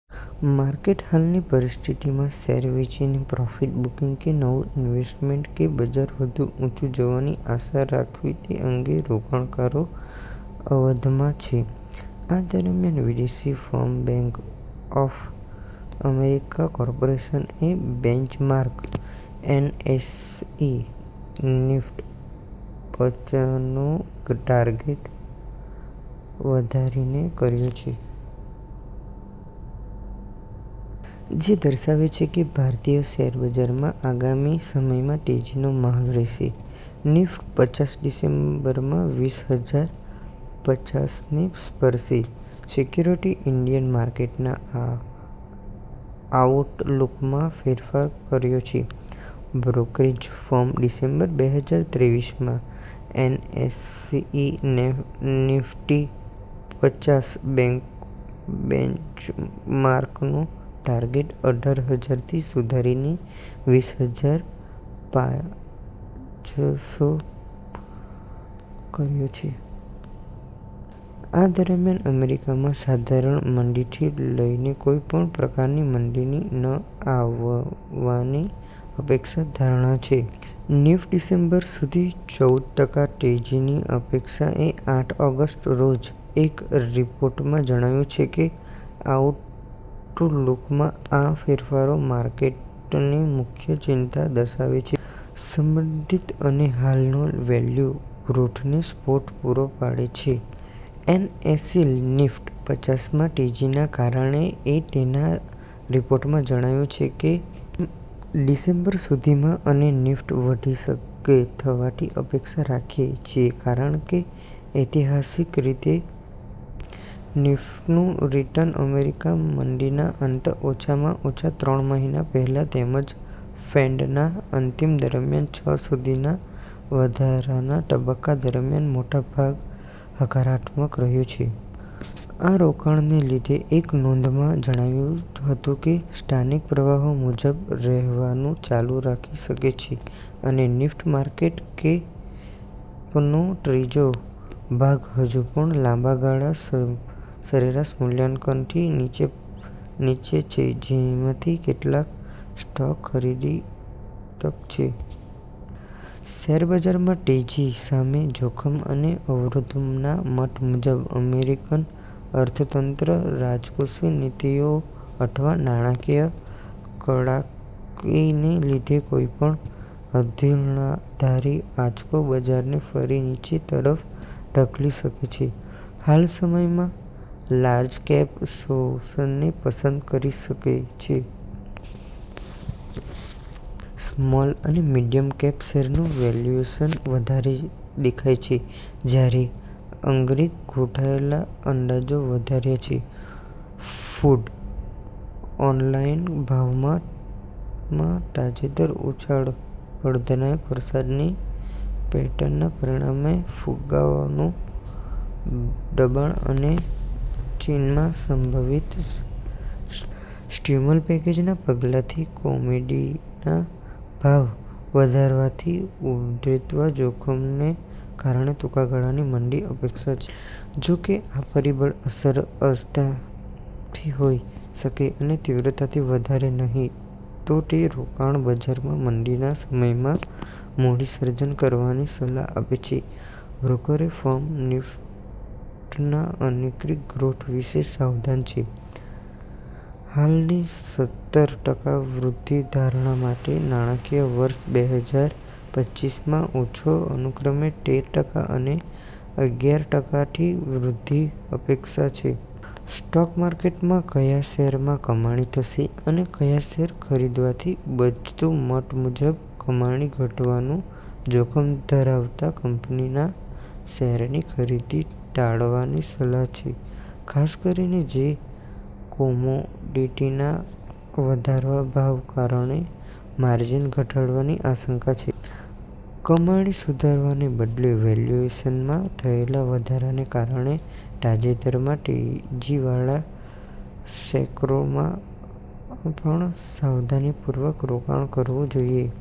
માર્કેટની હાલની સ્થિતિમાં શેર વેચીને પ્રોફિટ બુકિંગ કે નવું ઇન્વેસ્ટમેન્ટ કે બજાર વધુ ઉંચે જવાની આશા રાખવી તે અંગે રોકાણકારો અવઢવમાં છે. આ દરમિયાન વિદેશી firm bank of America corporation એ બેન્ચમાર્ક એનએસઇ નિફ્ટી પચાસનો ટાર્ગેટ વધારીને કર્યો છે. જે દર્શાવે છે કે, ભારતીય શેરબજારમાં આગામી સમયમાં તેજીનો માહોલ રહેશે. નિફ્ટી પચાસ ડિસેમ્બરમાં વીશહજાર પાંચસોને સ્પર્શશે. સિક્યોરિટીઝે ઇન્ડિયન માર્કેટના આઉટલૂકમાં ફેરફાર કર્યો છે. બ્રોકરેજ ફર્મે ડિસેમ્બર બેહજાર ત્રેવીસમાં એનએસઇ નિફ્ટી પચાસ બેન્ચમાર્કનો ટાર્ગેટ અઢાર હજાર થી સુધારીને વીશહજાર પાંચસો કર્યો છે. આ દરમિયાન અમેરિકામાં સાધારણ મંદીથી લઇને કોઈ પણ પ્રકારની મંદીની ન આવવાની અપેક્ષા ધારણા છે. નિફ્ટી ડિસેમ્બર સુધી ચૌદ ટકા તેજીની અપેક્ષા એ આઠ ઓગસ્ટના રોજ એક રિપોર્ટમાં જણાવ્યું કે, આઉટલૂકમાં આ ફેરફાર માર્કેટની મુખ્ય ચિંતાને દર્શાવે છે. સંબોધિત અને હાલના વેલ્યૂ ગ્રોથને સપોર્ટ પૂરો પાડે છે. એનએસઇ નિફ્ટી-પચાસમાં તેજીના કારણો એ તેના રિપોર્ટમાં જણાવ્યું છે કે, "ડિસેમ્બર સુધીમાં અમે નિફ્ટી વધીને થવાની અપેક્ષા રાખીએ છીએ, કારણ કે, ઐતિહાસિક રીતે નિફ્ટીનું રિટર્ન અમેરિકાની મંદીના અંતના ઓછામાં ઓછા ત્રણ મહિના પહેલા તેમજ ફેડના અંતિમ દરમાં છ સુધીના વધારાના તબક્કા દરમિયાન મોટે ભાગે હકારાત્મક રહ્યું છે. એ રોકાણકારોને લખેલી એક નોંધમાં જણાવ્યું હતું કે, " સ્થાનિક પ્રવાહો મજબૂત રહેવાનું ચાલુ રાખી શકે છે અને નિફ્ટી માર્કેટ કેપનો ત્રીજો ભાગ હજુ પણ લાંબા ગાળાના સરેરાશ મૂલ્યાંકનથી નીચે છે જેમાંથી કેટલાક સ્ટોક્સમાં ખરીદીની તક છે. " શેરબજારમાં તેજી સામેના જોખમ અને અવરોધેના મત મુજબ, અમેરિકન અર્થતંત્ર, રાજકોષીય નીતિઓ અથવા નાણાકીય કડકાઇને લીધે કોઈપણ અણધારી આંચકો બજારને ફરી નીચે તરફ ધકેલી શકે છે. હાલા સમયમાં લાર્જકેપ સ્ટોક્સને પસંદ કરે છે. સ્મોલ અને મિડિયમ કેપ શેરનું વેલ્યુએશન વધારે દેખાય છે, જ્યારે અર્નિંગ ગ્રોથના અંદાજો વધાર્યા છે. ક્રૂડ ઓઇલના ભાવમાં તાજેતરનો ઉછાળો, અણધાર્યા વરસાદની પેટર્નના પરિણામે ફુગાવાનું દબાણ અને ચીનમાં સંભવિત સ્ટિમ્યુઅલ પેકેજના પગલાંથી કોમોડિટીના ભાવમાં વધારો થવાથી ઉદ્ભવતા જોખમોને કારણે ટૂંકા ગાળાની મંદીની અપેક્ષા છે. જો કે, આ પરિબળોની અસર અસ્થાયી હોઈ શકે છે અને તીવ્રતા વધારે નહીં હોય, તે રોકાણકારોને બજારમાં મંદીના સમયમાં મૂડી સર્જન કરવાની સલાહ આપે છે. બ્રોકરેજ ફર્મ નિફ્ટીના અર્નિંગ ગ્રોથ વિશે સાવધાન છે, હાલની સત્તર ટકાની વૃદ્ધિની ધારણા સામે નાણાંકીય વર્ષ બેહજાર પચ્ચીસમાં ઓછો અનુક્રમે તેર ટકા અને અગિયાર ટકાની વૃદ્ધિની અપેક્ષા છે. સ્ટોક માર્કેટમાં ક્યા શેરમાં કમાણી થશે અને ક્યા શેર ખરીદવાથી બચવું મત મુજબ કમાણી ઘટવાનું જોખમ ધરાવતા કંપનીના શેરની ખરીદી ટાળવાની સલાહ છે, ખાસ કરીને જે કોમોડિટીના વધતા ભાવને કારણે માર્જિન ઘટવાની આશંકા છે. કમાણીમાં સુધારાને બદલે વેલ્યુએશનમાં થયેલા વધારાને કારણે તાજેતરમાં તેજીવાળા સેક્ટરોમાં પણ સાવધાનીપૂર્વક રોકાણ કરવું જોઈએ.